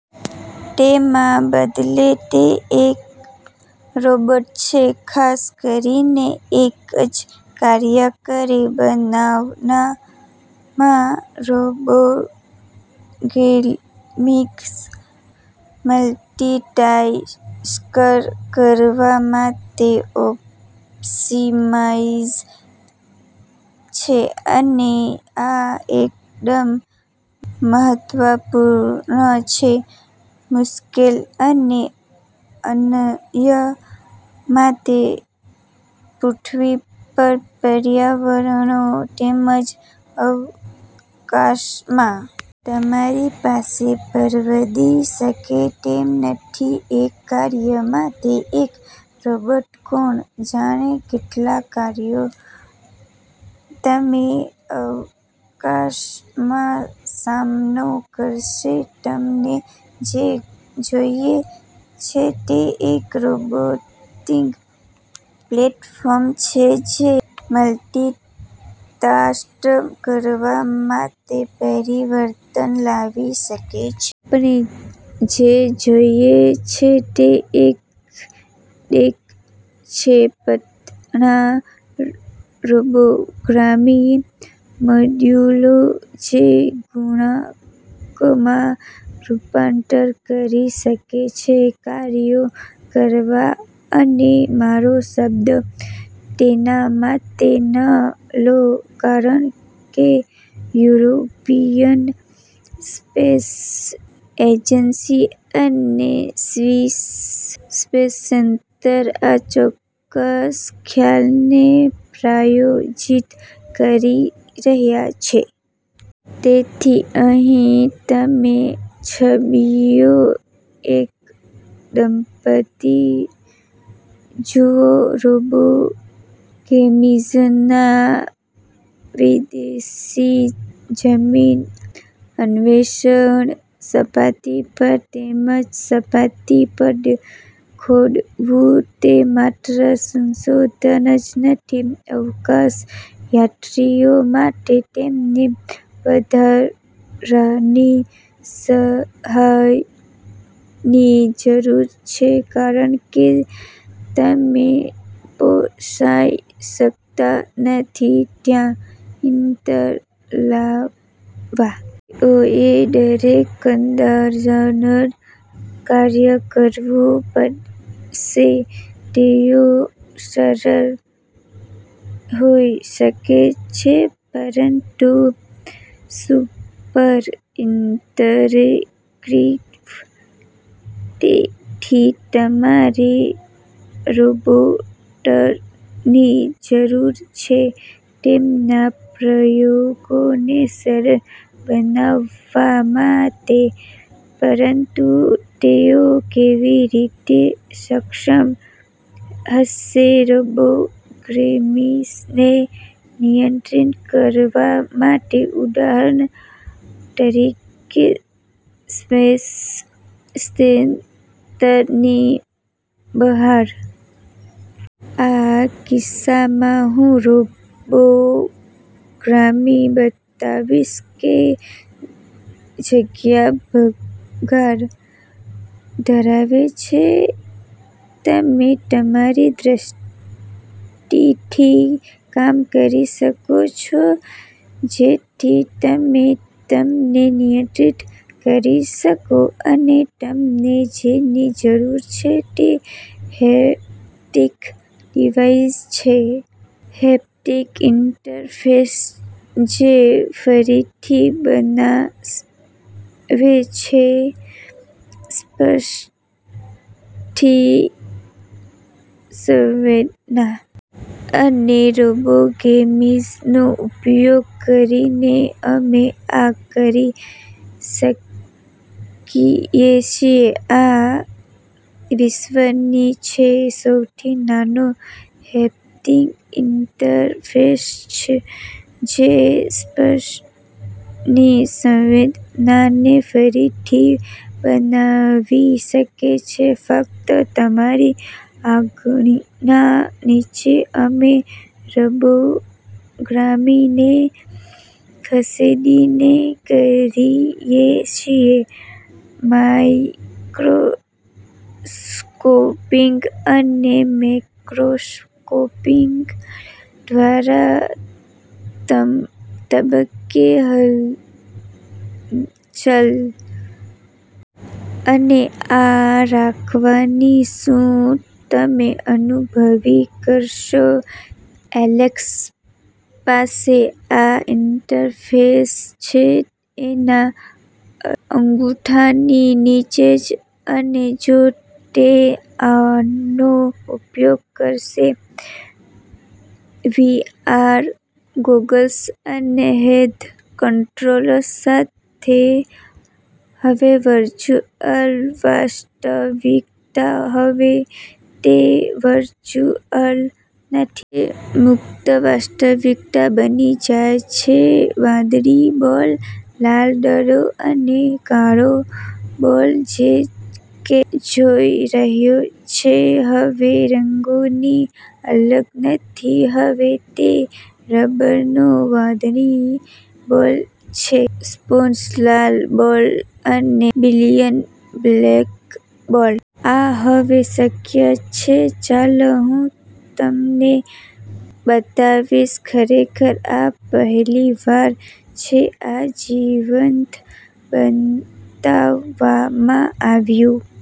તેમા બદલે તે એક રોબોટ છે ખાસ કરીને એક જ કાર્ય કરી બનાવવામાં. રોબોગેમિસ મલ્ટિટાસ્ક કરવા માટે ઓપ્ટિમાઇઝ છે. અને આ એકદમ મહત્વપૂર્ણ છે મુશ્કેલ અને અનન્ય માટે પૃથ્વી પર પર્યાવરણો તેમજ અવકાશમાં. તમારી પાસે પરવડી શકે તેમ નથી એક કાર્ય માટે એક રોબોટ. કોણ જાણે કેટલા કાર્યો તમે અવકાશમાં સામનો કરશે? તમને જે જોઈએ છે તે એક રોબોટિક પ્લેટફોર્મ છે જે મલ્ટિટાસ્ક કરવા માટે પરિવર્તન લાવી શકે છે. આપણે જે જોઈએ છે તે એક ડેક છે પાતળા રોબોગામી મોડ્યુલો જે ગુણાંકમાં રૂપાંતર કરી શકે છે કાર્યો કરવા. અને મારો શબ્દ તેના માટે ન લો કારણ કે યુરોપિયન સ્પેસ એજન્સી અને સ્વિસ સ્પેસ સેન્ટર આ ચોક્કસ ખ્યાલને પ્રાયોજિત કરી રહ્યા છે. તેથી અહીં તમે છબીઓ એક દંપતિ જુઓ રોબોગેમિસના વિદેશી જમીન અન્વેષણ સપાટી પર. તેમજ સપાટી પર ખોદવું તે માત્ર સંશોધન જ નથી. અવકાશયાત્રીઓ માટે તેમને વધારાની સહાયની જરૂર છે કારણ કે તમે પોસાઇ શકતા નથી ત્ત્યાં ઇન્ટર્ન લાવવા. તેઓએ દરેક કંટાળાજનક કાર્ય કરવું પડશે. તેઓ સરળ હોઈ શકે છે પરંતુ સુપર ઇન્ટરેક્ટિવ. તેથી તમારે રોબોટ્સની જરૂર છે તેમના પ્રયોગોને સરળ બનાવવા માટે. પરંતુ તેઓ કેવી રીતે સક્ષમ હશે રોબોગેમિસને નિયંત્રિત કરવા માટે ઉદાહરણ તરીકે સ્પેસ સ્ટેશનની બહાર? આ કિસ્સામાં હું રોબોગામી બતાવીશ કે જગ્યા ભંગાર ધરાવે છે. તમે તમારી દ્રષ્ટિથી કામ કરી શકો છો જેથી તમે તેમને નિયંત્રિત કરી શકો. અને તમને જેની જરૂર છે તે હેપ્ટિક ડિવાઇસ છે. હેપ્ટિક ઇન્ટરફેસ જે ફરીથી બનાવે છે સ્પર્શની સંવેદના. અને રોબોગેમિસનો ઉપયોગ કરીને અમે આ કરી શકીએ છીએ. આ વિશ્વની છે સૌથી નાનો હેપ્ટીક ઇન્ટરફેસ જે સ્પર્શની સંવેદનાને ફરીથી બનાવી શકે છે ફક્ત તમારી આંગળીના નીચે. અમે રોબોગામીને ખસેડીને કરીએ છીએ માઇક્રોસ્કોપિક અને મેક્રોસ્કોપિક દ્વારા તબક્કે હલનચલન. અને આ રાખવાથી શું તમે અનુભવી શકશો? એલેક્સ પાસે આ ઇન્ટરફેસ છે તેના અંગૂઠાની નીચે જ અને જો તે આનો ઉપયોગ કરશે વી.આર ગોગલ્સ અને હેન્ડ કંટ્રોલર્સ સાથે, હવે વર્ચુઅલ વાસ્તવિકતા હવે તે વર્ચુઅલ નથી. તે મૂર્ત વાસ્તવિકતા બની જાય છે. વાદળી બોલ, લાલ દડો અને કાળો બોલ જે તે જોઈ રહ્યો છે હવે રંગોથી અલગ નથી. હવે તે રબરનો વાદળી બોલ છે, સ્પોન્જ લાલ બોલ અને બિલિયર્ડ બ્લેક બોલ. આ હવે શક્ય છે. ચાલો હું તમને બતાવીશ. ખરેખર આ પહેલી વાર છે આ જીવંત બતાવવામાં આવ્યું.